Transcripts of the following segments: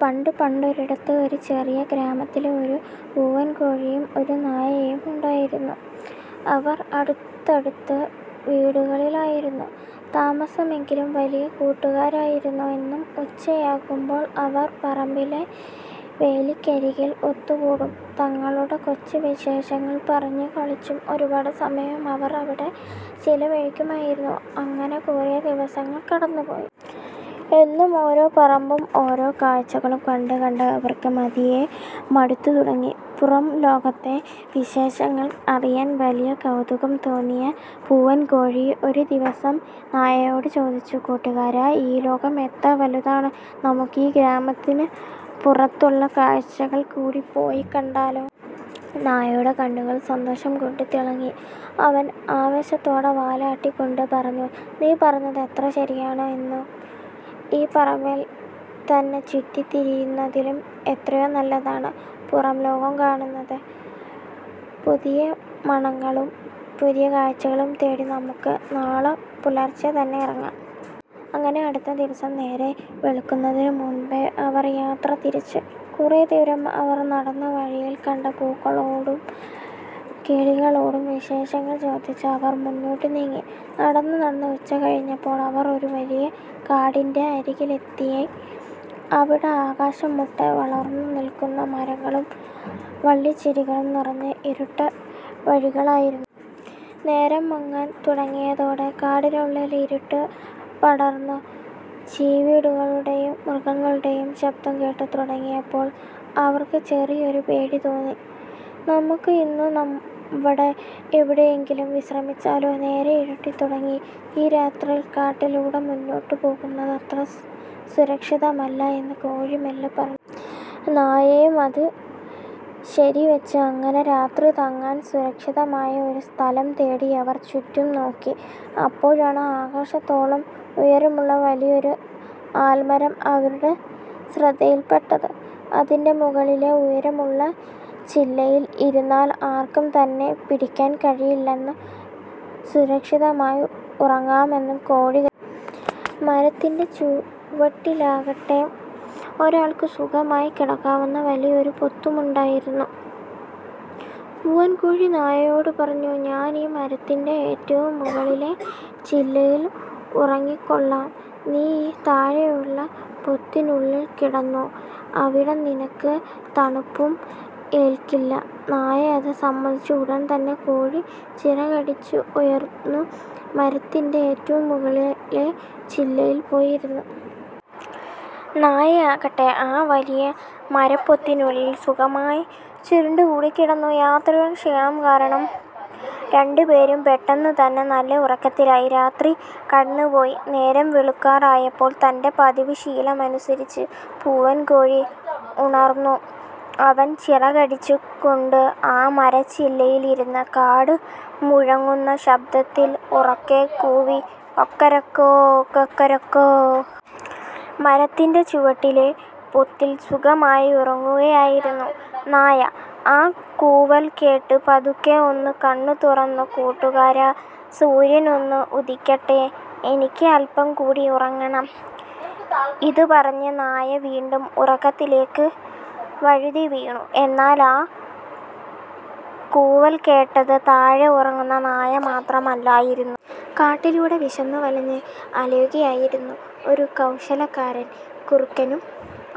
പണ്ടു പണ്ടൊരിടത്ത് ഒരു ചെറിയ ഗ്രാമത്തിൽ ഒരു പൂവൻകോഴിയും ഒരു നായയും ഉണ്ടായിരുന്നു. അവർ അടുത്തടുത്ത വീടുകളിലായിരുന്നു താമസമെങ്കിലും വലിയ കൂട്ടുകാരായിരുന്നു. എന്നും ഉച്ചയാകുമ്പോൾ അവർ പറമ്പിലെ വേലിക്കരികിൽ ഒത്തുകൂടും. തങ്ങളുടെ കൊച്ചു വിശേഷങ്ങൾ പറഞ്ഞും കളിച്ചും ഒരുപാട് സമയം അവർ അവിടെ ചിലവഴിക്കുമായിരുന്നു. അങ്ങനെ കുറെ ദിവസങ്ങൾ കടന്നുപോയി. എന്നും ഒരേ പറമ്പും ഒരേ കാഴ്ചകളും കണ്ടു കണ്ട് അവർക്ക് പതിയെ മടുത്തു തുടങ്ങി. പുറംലോകത്തെ വിശേഷങ്ങൾ അറിയാൻ വലിയ കൗതുകം തോന്നിയ പൂവൻകോഴി ഒരു ദിവസം നായയോട് ചോദിച്ചു: "കൂട്ടുകാരാ, ഈ ലോകം എത്ര വലുതാണ്! നമുക്ക് ഈ ഗ്രാമത്തിന് പുറത്തുള്ള കാഴ്ചകൾ കൂടി പോയി കണ്ടാലോ? " നായയുടെ കണ്ണുകൾ സന്തോഷം കൊണ്ട് തിളങ്ങി. അവൻ ആവേശത്തോടെ വാലാട്ടിക്കൊണ്ട് പറഞ്ഞു: "നീ പറഞ്ഞത് എത്ര ശരിയാണ്! എന്നും ഈ പറമ്പിൽ തന്നെ ചുറ്റിത്തിരിയുന്നതിലും എത്രയോ നല്ലതാണ് പുറംലോകം കാണുന്നത്. പുതിയ മണങ്ങളും പുതിയ കാഴ്ചകളും തേടി നമുക്ക് നാളെ പുലർച്ചെ തന്നെ ഇറങ്ങാം! " അങ്ങനെ അടുത്ത ദിവസം നേരം വെളുക്കുന്നതിന് മുൻപേ അവർ യാത്ര തിരിച്ചു. കുറെ ദൂരം അവർ നടന്നു. വഴിയിൽ കണ്ട പൂക്കളോടും കിളികളോടും വിശേഷങ്ങൾ ചോദിച്ച് അവർ മുന്നോട്ട് നീങ്ങി. നടന്ന് നടന്ന് ഉച്ച കഴിഞ്ഞപ്പോൾ അവർ ഒരു വലിയ കാടിന്റെ അരികിലെത്തി. അവിടെ ആകാശം മുട്ടെ വളർന്നു നിൽക്കുന്ന മരങ്ങളും വള്ളിച്ചെടികളും നിറഞ്ഞ ഇരുണ്ട വഴികളായിരുന്നു. നേരം മങ്ങാൻ തുടങ്ങിയതോടെ കാടിനുള്ളിൽ ഇരുട്ട് പടർന്നു. ചീവീടുകളുടെയും മൃഗങ്ങളുടെയും ശബ്ദം കേട്ട് തുടങ്ങിയപ്പോൾ അവർക്ക് ചെറിയൊരു പേടി തോന്നി. "നമുക്ക് ഇന്ന് ഇവിടെ എവിടെയെങ്കിലും വിശ്രമിച്ചാലോ? നേരം ഇരുട്ടിത്തുടങ്ങി, ഈ രാത്രിയിൽ കാട്ടിലൂടെ മുന്നോട്ട് പോകുന്നത് അത്ര സുരക്ഷിതമല്ല," എന്ന് കോഴി മെല്ലെ പറഞ്ഞു. നായയും അത് ശരിവച്ചു. അങ്ങനെ രാത്രി തങ്ങാൻ സുരക്ഷിതമായ ഒരു സ്ഥലം തേടി അവർ ചുറ്റും നോക്കി. അപ്പോഴാണ് ആകാശത്തോളം ഉയരമുള്ള വലിയൊരു ആൽമരം അവരുടെ ശ്രദ്ധയിൽപ്പെട്ടത്. അതിന്റെ മുകളിലെ ഉയരമുള്ള ചില്ലയിൽ ഇരുന്നാൽ ആർക്കും തന്നെ പിടിക്കാൻ കഴിയില്ലെന്നും സുരക്ഷിതമായി ഉറങ്ങാമെന്നും കോഴി കരുതി. മരത്തിന്റെ ചുവട്ടിലാകട്ടെ, ഒരാൾക്ക് സുഖമായി കിടക്കാവുന്ന വലിയൊരു പൊത്തുമുണ്ടായിരുന്നു. പൂവൻകോഴി നായയോട് പറഞ്ഞു, "ഞാൻ ഈ മരത്തിന്റെ ഏറ്റവും മുകളിലെ ചില്ലയിൽ ഉറങ്ങിക്കോളാം. നീ ഈ താഴെയുള്ള പൊത്തിനുള്ളിൽ കിടന്നോ, അവിടെ നിനക്ക് തണുപ്പും ഏൽക്കില്ല. " നായ അത് സമ്മതിച്ചു. ഉടൻ തന്നെ കോഴി ചിറകടിച്ചുയർന്ന് മരത്തിന്റെ ഏറ്റവും മുകളിലെ ചില്ലയിൽ പോയി ഇരുന്നു. നായയാകട്ടെ, ആ വലിയ മരപ്പൊത്തിനുള്ളിൽ സുഖമായി ചുരുണ്ടുകൂടി കിടന്നു. യാത്രയുടെ ക്ഷീണം കാരണം രണ്ടുപേരും പെട്ടെന്നുതന്നെ നല്ല ഉറക്കത്തിലായി. രാത്രി കടന്നുപോയി. നേരം വെളുക്കാറായപ്പോൾ, തന്റെ പതിവ് ശീലമനുസരിച്ച് പൂവൻകോഴി ഉണർന്നു. അവൻ ചിറകടിച്ചു കൊണ്ട് ആ മരച്ചില്ലയിലിരുന്ന് കാട് മുഴങ്ങുന്ന ശബ്ദത്തിൽ ഉറക്കെ കൂവി: "കൊക്കരക്കോ… കൊക്കരക്കോ…! '" മരത്തിന്റെ ചുവട്ടിലെ പൊത്തിൽ സുഖമായി ഉറങ്ങുകയായിരുന്ന നായ ആ കൂവൽ കേട്ട് പതുക്കെ ഒന്നു കണ്ണ് തുറന്നു. "കൂട്ടുകാരാ, സൂര്യൻ ഒന്ന് ഉദിക്കട്ടെ, എനിക്ക് അല്പം കൂടി ഉറങ്ങണം," ഇതും പറഞ്ഞ് നായ വീണ്ടും ഉറക്കത്തിലേക്ക് വഴുതിവീണു. എന്നാൽ ആ കൂവൽ കേട്ടത് താഴെ ഉറങ്ങുന്ന നായ മാത്രമല്ലായിരുന്നു. കാട്ടിലൂടെ വിശന്നു വലഞ്ഞ് അലയുകയായിരുന്ന ഒരു കൗശലക്കാരൻ കുറുക്കനും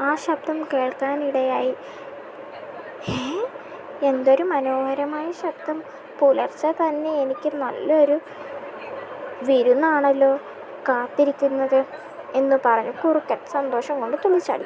ആ ശബ്ദം കേൾക്കാനിടയായി. 'ഹോ! എന്തൊരു മനോഹരമായ ശബ്ദം! പുലർച്ചെ തന്നെ എനിക്ക് നല്ലൊരു വിരുന്നാണല്ലോ കാത്തിരിക്കുന്നത്! ' എന്നും പറഞ്ഞ് കുറുക്കൻ സന്തോഷം കൊണ്ട് തുള്ളിച്ചാടി.